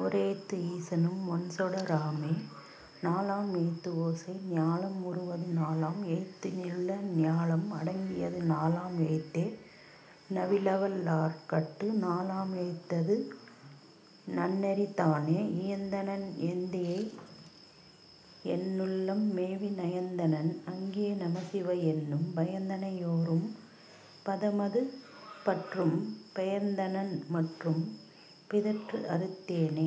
ஓரெழுத்து ஈசனும் ஓண்சுட ராமே. நாலாம் எழுத்துஓசை ஞாலம் உருவது நாலாம் எழுத்தினுள் ஞாலம் அடங்கியது நாலாம் எழுத்தே நவிலவல் லார்கட்டு நாலாம் எழுத்தது நன்னெறி தானே. இயைந்தனள் ஏந்திழை என்னுளம் மேவி நயந்தனள் அங்கே நமசிவ என்னும் பயந்தனை யோரும் பதமது பற்றும் பெயர்ந்தனன் மற்றும் பிதற்றுஅறுத் தேனே.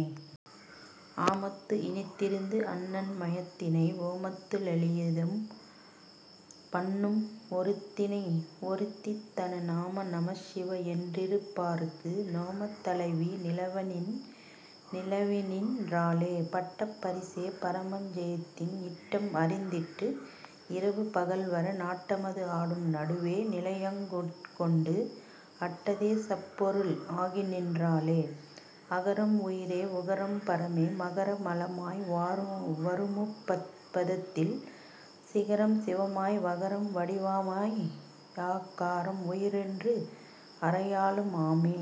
ஆமத்து இனிதிருந்து அன்ன மயத்தினை ஓமத்தி லேயுதம் பண்ணும் ஒருத்திதன் நாம நமசிவ என்றிருப் பாருக்கு நேமத் தலைவி நிலவிநின் றாளே. பட்ட பரிசே பரமஞ் செழுத்ததின் இட்டம் அறிந்திட்டு இரவு பகல்வர நட்டமது ஆடும் நடுவே நிலையங்கொண்டு அட்டதே சப்பொருள் ஆகிநின் றாளே. அகாரம் உயிரே உகாரம் பரமே மகார மலமாய் வருமுப் பதத்தில் சிகாரம் சிவமாய் வகாரம் வடிவமாய் யகாரம் உயிரென்று அறையலும் ஆமே.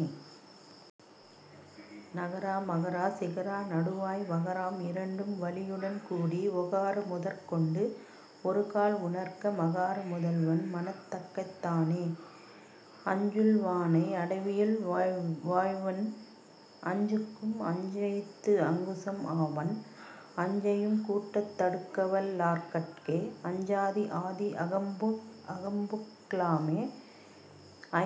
நகரா மகராசிகராநடுவாய் வகராம் இரண்டும் வளியுடன் கூடி ஓகார முதற்கொண்டு ஒருக்கால் உரைக்க மகார முதல்வன் மனத்தகத் தானே. அஞ்சுள வானை அடவியுள் வாழ்வன அஞ்சுக்கும் அஞ்செழுத்து அங்குசம் ஆவன அஞ்சையும் கூடத் தடுக்கவல் லார்கட்கே அஞ்சாதி ஆதி அகம்புக லாமே.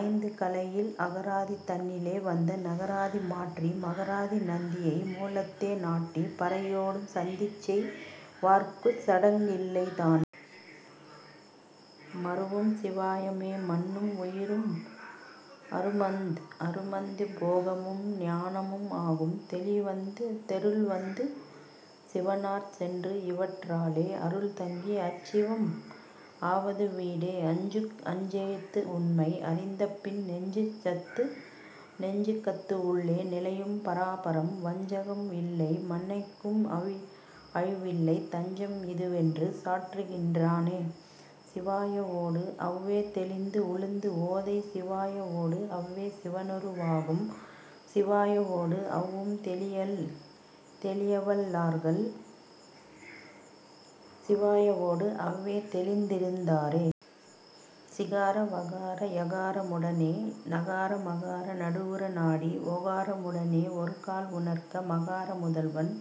ஐந்து கலையில் அகராதி தன்னிலே வந்த நகராதி மாற்றி மகராதி நந்தியை மூலத்தே நாடிப் பரையொடும் சந்திசெய் வார்க்குச் சடங்கில்லை தானே. மருவும் சிவாயமே மன்னும் உயிரும் அருமந்த போகமும் ஞானமும் ஆகும் தெருள்வந்த சீவனார் சென்றுஇவற் றாலே அருள்தங்கி அச்சிவமம் ஆவது வீடே. அஞ்சுக அஞ்செழுத்து உண்மை அறிந்தபின் நெஞ்சுகத்து உள்ளே நிலையும் பராபரம் வஞ்சகம் இல்லை மனைக்கும் அழிவில்லை தஞ்சம் இதுவென்று சாற்றுகின் றேனே. சிவாயவொடு அவ்வே தெளிந்துஉளத்து ஓதச் சிவாயவொடு அவ்வே சிவனுரு வாகும் சிவாயவொடு அவ்வும் தெளியவல் லார்கள் சிவாயவொடு அவ்வே தெளிந்திருந் தாரே. சிகார வகார யகார முடனே நகார மகார நடுவுற நாடி ஓகார முடனே ஒருகால் உரைக்க மகார முதல்வன்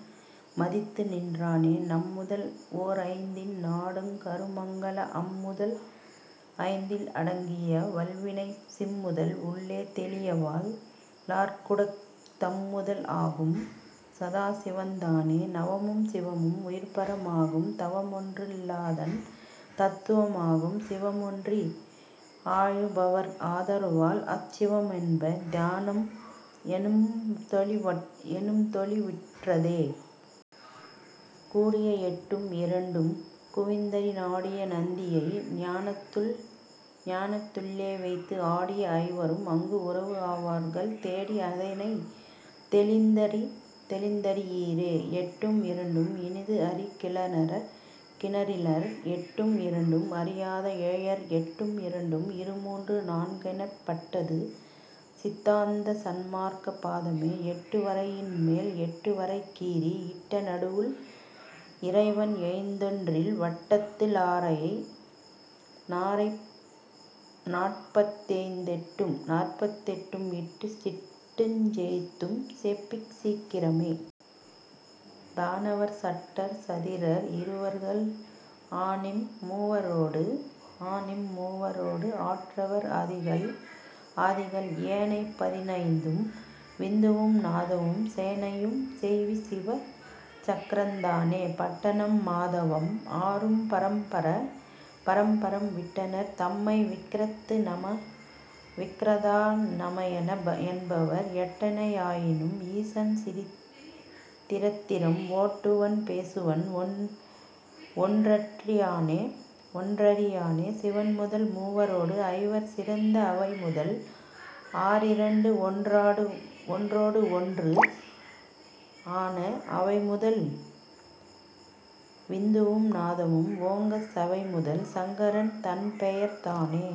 மதித்துநின் றானே. நம்முதல் ஓர்ஐந்தின் நாடுங் கருமங்கள் அம்முதல் ஐந்தில் அடங்கிய வல்வினை சிம்முதல் உள்ளே தெளியவல் லார்கட்குத் தம்முதல் ஆகும் சதாசிவந் தானே. நவமும் சிவமும் உயிர்பர மாகும் தவமொன்று இலாதன தத்துவம் ஆகும் சிவம்ஒன்றி ஆய்பவர்ஆதர வால்அச் சிவம்என்ப தானாம் எனும்தெளி வுற்றதே.. கூடிய எட்டும் இரண்டும் குவிந்தறி நாடிய நந்தியை ஞானத்துள் ளேவைத்து ஆடிய ஐவரும் அங்குஉறவு ஆவார்கள் தேடி அதனைத் தெளிந்தறி யீரே. எட்டும் இரண்டும் இனிதுஅறி கின்றிலர் எட்டும் இரண்டும் அறியாத ஏழையர் எட்டும் இரண்டும் இருமூன்று நான்கெனப் பட்டது சித்தாந்த சன்மார்க்க பாதமே.. எட்டு வரையின்மேல் எட்டு வரைகீறி இட்ட நடுவுள் இறைவன் எழுத்தொன்றில் வட்டத்தி லேயறை நாற்பத்தெட் டும்இட்டுச் சிட்டஞ் செழுத்தும் செபிசீக் கிரமே. தானவர் சட்டர் சதிரர் இருவர்கள் ஆனஇம் மூவரோடு ஆற்றவர் ஆதிகள் ஏனைப் பதினைந்தும் விந்துவும் நாதமும் சேனையும் செய்சிவ சக்கரந் தானே. பட்டனம் மாதவம் ஆறும் பராபரம் விட்டனர் தம்மை விகிர்தா நமஎன்பர் எட்டனை யாயினும் ஈசன் திறத்திறம் ஒட்டுவன் பேசுவன் ஒன்றறி யேனே சிவன்முதல் மூவரோடு ஐவர் சிறந்த அவைமுதல் ஆறிரண்டு ஒன்றொடுஒன்று ஆன அவைமுதல் விந்துவும் நாதமும் ஓங்கச் சவைமுதல் சங்கரன் தன்பெயர் தானே.